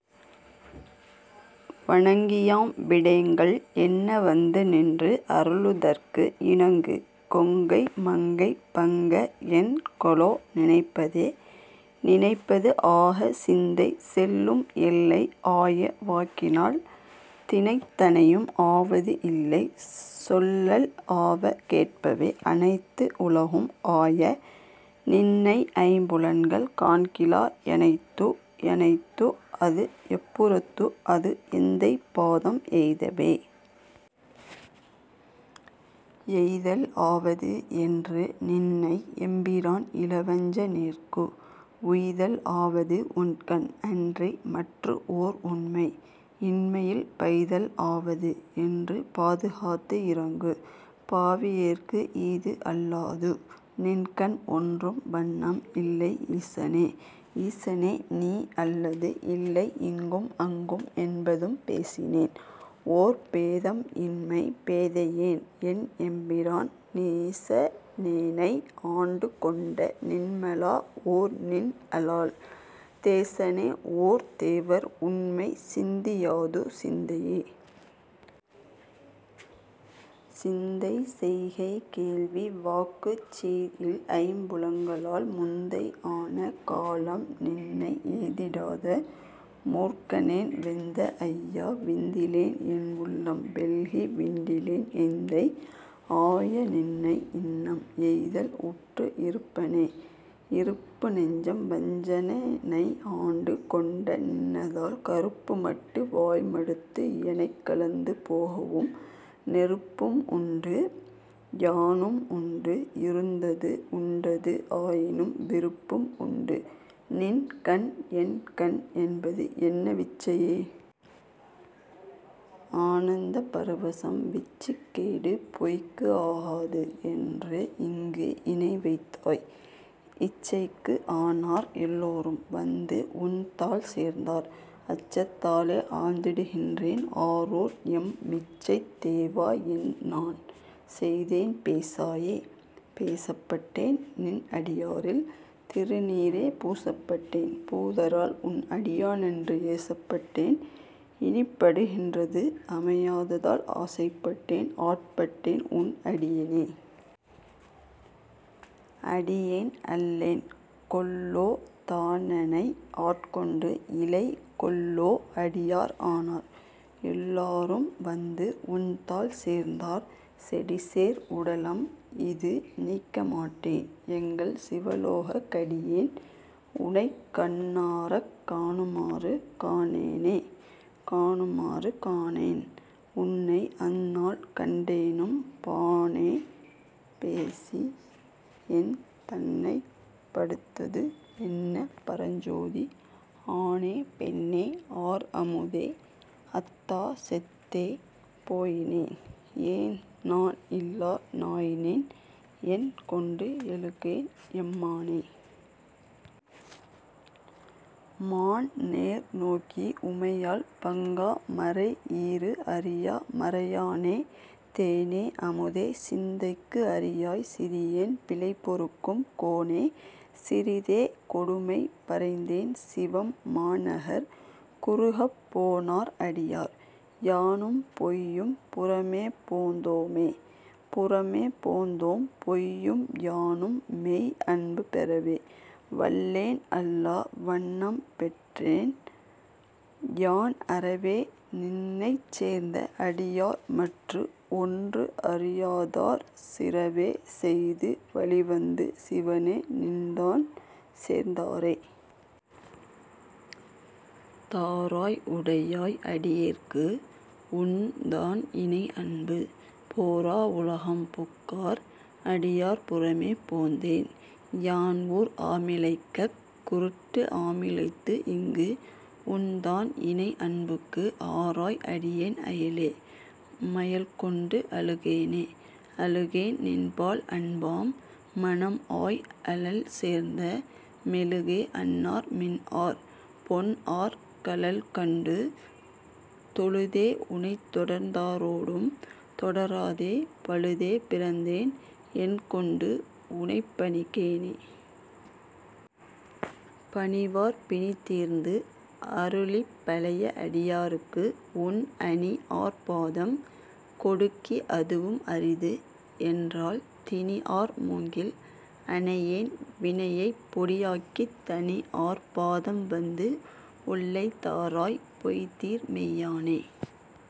வணங்கியாம் விடேங்கள் என்ன வந்து நின்று அருளுதற்கு இணங்கு கொங்கை மங்கை பங்க என் கொலோ நினைப்பதே. நினைப்பது ஆக சிந்தை செல்லும் எல்லை ஆய வாக்கினால் தினைத் தனையும் ஆவது இல்லை சொல்லல் ஆவ கேட்பவே அனைத்து உலகும் ஆய நின்னை ஐம்புலன்கள் காண்கிலா எனைத்து எனைத்து அது எப்புறத்து அது எந்தை பாதம் எய்தவே. எய்தல் ஆவது என்று நின்னை எம்பிரான் இவ்வஞ்சனேற்கு உய்தல் ஆவது உன் கண் அன்றி மற்று ஓர் உண்மை இன்மையில் பைதல் ஆவது என்று பாதுகாத்து இரங்கு பாவியேற்கு ஈது அல்லாது நின்கண் ஒன்றும் வண்ணம் இல்லை ஈசனே. ஈசனே நீ அல்லது இல்லை இங்கும் அங்கும் என்பதும் பேசினேன் ஓர் பேதம் இன்மை பேதையேன் என் எம்பிரான் நீசனேனை ஆண்டுகொண்ட நின்மலா ஓர் நின் அலால் தேசனே ஓர் தேவர் உண்மை சிந்தியாது சிந்தையே. சிந்தை செய்கை கேள்வி வாக்குச் சீர் இல் ஐம்புலன்களால் முந்தை ஆன காலம் நின்னை எய்திடாத மூர்க்கனேன் வெந்து ஐயா விழுந்திலேன் என் உள்ளம் வெள்கி விண்டிலேன் எந்தை ஆய நின்னை இன்னம் எய்தல் உற்று இருப்பனே. இருப்பு நெஞ்சம் வஞ்சனேனை ஆண்டு கொண்ட நின்னதாள் கருப்புமட்டு வாய் மடுத்து எனைக் கலந்து போகவும் நெருப்பும் உண்டு யானும் உண்டு இருந்தது உண்டது ஆயினும் விருப்பும் உண்டு நின்கண் என்கண் என்பது என்ன விச்சையே. ஆனந்த பரவரசம் விச்சுக் கேடு பொய்க்கு ஆகாது என்று இங்கு இனை வைத்தாய் இச்சைக்கு ஆனார் எல்லாரும் வந்து உன்தாள் சேர்ந்தார் அச்சத்தாலே ஆழ்ந்திடுகின்றேன் ஆரூர் எம் மிச்சைத் தேவா என் நான் செய்தேன் பேசாயே. பேசப்பட்டேன் நின் அடியாரில் திருநீறே பூசப்பட்டேன் பூதரால் உன் அடியான் என்று ஏசப்பட்டேன் இனிப்படுகின்றது அமையாதால் ஆசைப்பட்டேன் ஆட்பட்டேன் உன் அடியேனே. அடியேன் அல்லேன் கொல்லோ தானெனை ஆட்கொண்டு இலை கொல்லோ அடியார் ஆனார் எல்லாரும் வந்து உன்தாள் சேர்ந்தார் செடிசேர் உடலம் இது நீக்கமாட்டேன் எங்கள் சிவலோகா கடியேன் உன்னைக் கண்ணாரக் காணுமாறு காணேனே. காணுமாறு காணேன் உன்னை அந்நாள் கண்டேனும் பாணே பேசி என் தன்னைப் படுத்தது என்ன பரஞ்சோதி ஆணே பெண்ணே ஆர் அமுதே அத்தா செத்தே போயினேன் ஏண் நாண் இல்லா நாயினேன் என்கொண்டு எழுகேன் எம்மானே. மான் நேர் நோக்கி உமையாள் பங்கா மறை ஈறு அறியா மறையானே தேனே அமுதே சிந்தைக்கு அரியாய் சிறியேன் பிழை பொறுக்கும் கோனே சிறிதே கொடுமை பறைந்தேன் சிவம் மாநகர் குறுகப் போனார் அடியார் யானும் பொய்யும் புறமே போந்தோமே. புறமே போந்தோம் பொய்யும் யானும் மெய் அன்பு பெறவே வல்லேன் அல்லா வண்ணம் பெற்றேன் யான் அறவே நின்னைச் சேர்ந்த அடியார் மற்று ஒன்று அறியாதார் சிறவே செய்து வழிவந்து சிவனே நின்தான் சேர்ந்தாரே. தாராய் உடையாய் அடியேற்கு உன்தான் இணை அன்பு போரா உலகம் புக்கார் அடியார் புறமே போந்தேன் யான் ஊர் ஆ மிலைக்கக் குருட்டு ஆமிலைத்து இங்கு உன்தான் இணை அன்புக்கு ஆராய் அடியேன் அயலே மயல் கொண்டு அழுகேனே. அழுகேன் நின்பால் அன்பாம் மனம் ஆய் அழல் சேர்ந்த மெழுகே அன்னார் மின்ஆர் பொன் ஆர் கழல் கண்டு தொழுதே உன்னைத் தொடர்ந்தாரோடும் தொடராதே பழுதே பிறந்தேன் என் கொண்டு உன்னைப் பணிகேனே. பணிவார் பிணி தீர்ந்து அருளிப் பழைய அடியார்க்கு உன் அணி ஆர் பாதம் கொடுக்கி அதுவும் அரிது என்றால் திணி ஆர் மூங்கில் அனையேன் வினையைப் பொடி ஆக்கித் தணி ஆர் பாதம் வந்து ஒல்லை தாராய் பொய்தீர் மெய்யானே.